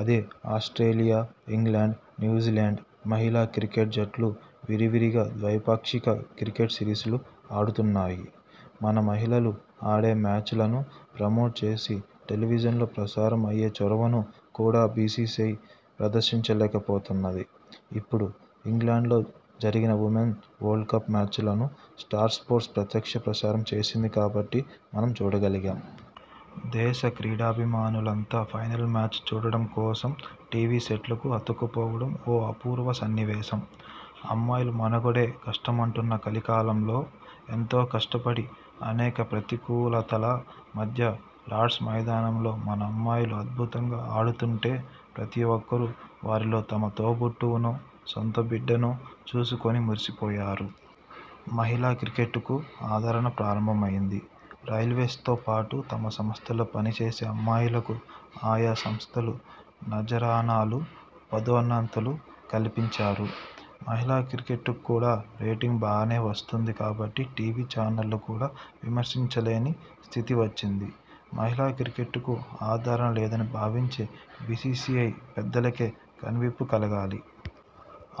అదే Australia, England, New Zealand మహిళా cricket జట్లు విరివిగా ద్వైపాక్షిక క్రికెట్ సిరీస్లు ఆడుతున్నాయి. మన మహిళలు ఆడే మ్యాచ్ లను ప్రమోట్ చేసి, టెలివిజన్లో ప్రసారం అయ్యే చొరవను కూడా బిసిసిఐ ప్రదర్శించలేకపోతున్నది. ఇప్పుడు ఇంగ్లండ్ లో జరిగిన విమెన్ వరల్డ్ కప్ మ్యాచ్లను స్టార్ స్పోర్ట్స్ ప్రత్యక్ష ప్రసారం చేసింది కాబట్టి, మనం చూడగలిగాం. దేశ క్రీడాభిమానులంతా ఫైనల్ మ్యాచ్ చూడడం కోసం టివి సెట్లకు అతుక్కుపోవడం ఓ అపూర్వ సన్నివేశం. అమ్మాయిల మనుగడే కష్టమనుకుంటున్న కలికాలంలో ఎంతో కష్టపడి, అనేక ప్రతికూలతల మధ్య లార్డ్స్ మైదానంలో మన అమ్మాయిలు అద్భుతంగా ఆడుతుంటే, ప్రతీ ఒక్కరు వారిలో తమ తోబుట్టువునో, సొంత బిడ్డనో చూసుకుని మురిసిపోయారు. మహిళా క్రికెట్కు ఆదరణ ప్రారంభమయింది. రైల్వేస్తో పాటు తమ సంస్థల్లో పనిచేసే అమ్మాయిలకు ఆయా సంస్థలు నజరానాలు, పదోన్నతులు కల్పించారు. మహిళా క్రికెట్కు కూడా రేటింగ్ బాగానే వస్తుంది కాబట్టి టివి ఛానళ్లు కూడా విస్మరించలేని స్థితి వచ్చింది. మహిళా క్రికెట్కు ఆదరణ లేదని భావించే బిసిసిఐ పెద్దలకే కనువిప్పు కలగాలి.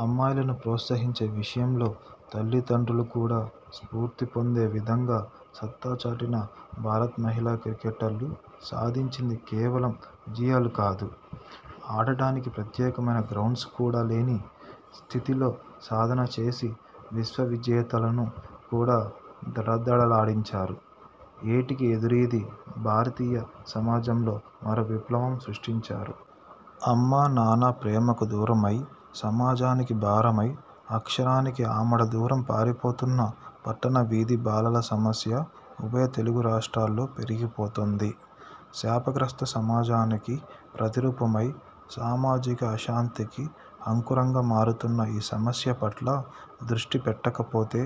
అమ్మాయిలను ప్రోత్సహించే విషయంలో తల్లిదండ్రులు కూడా స్ఫూర్తి పొందే విధంగా సత్తా చాటిన భారత మహిళా క్రికెటర్లు సాధించింది కేవలం విజయాలు కాదు. ఆడడానికి ప్రత్యేకమైన గ్రౌండ్స్ కూడా లేని స్థితిలో సాధన చేసి, విశ్వ విజేతలను కూడా దడదడలాడించారు. ఏటికి ఎదురీది భారతీయ సమాజంలో వారో విప్లవం సృష్టించారు. అమ్మా, నాన్న ప్రేమకు దూరమై, సమాజానికి భారమై, అక్షరానికి ఆమడ దూరం పారిపోతున్న పట్టణ వీధి బాలల సమస్య ఉభయ తెలుగు రాష్ట్రాల్లో పెరిగిపోతుంది. శాపగ్రస్త సమాజానికి ప్రతిరూపమై, సామాజిక అశాంతికి అంకురంగా మారుతున్న ఈ సమస్య పట్ల దృష్టి పెట్టకపోతే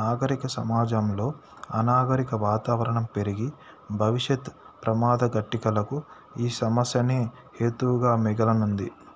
నాగరిక సమాజంలో అనాగరిక వాతావరణం పెరిగి భవిష్యత్ ప్రమాద ఘంటికలకు ఈ సమస్యనే హేతువుగా మిగలనుంది.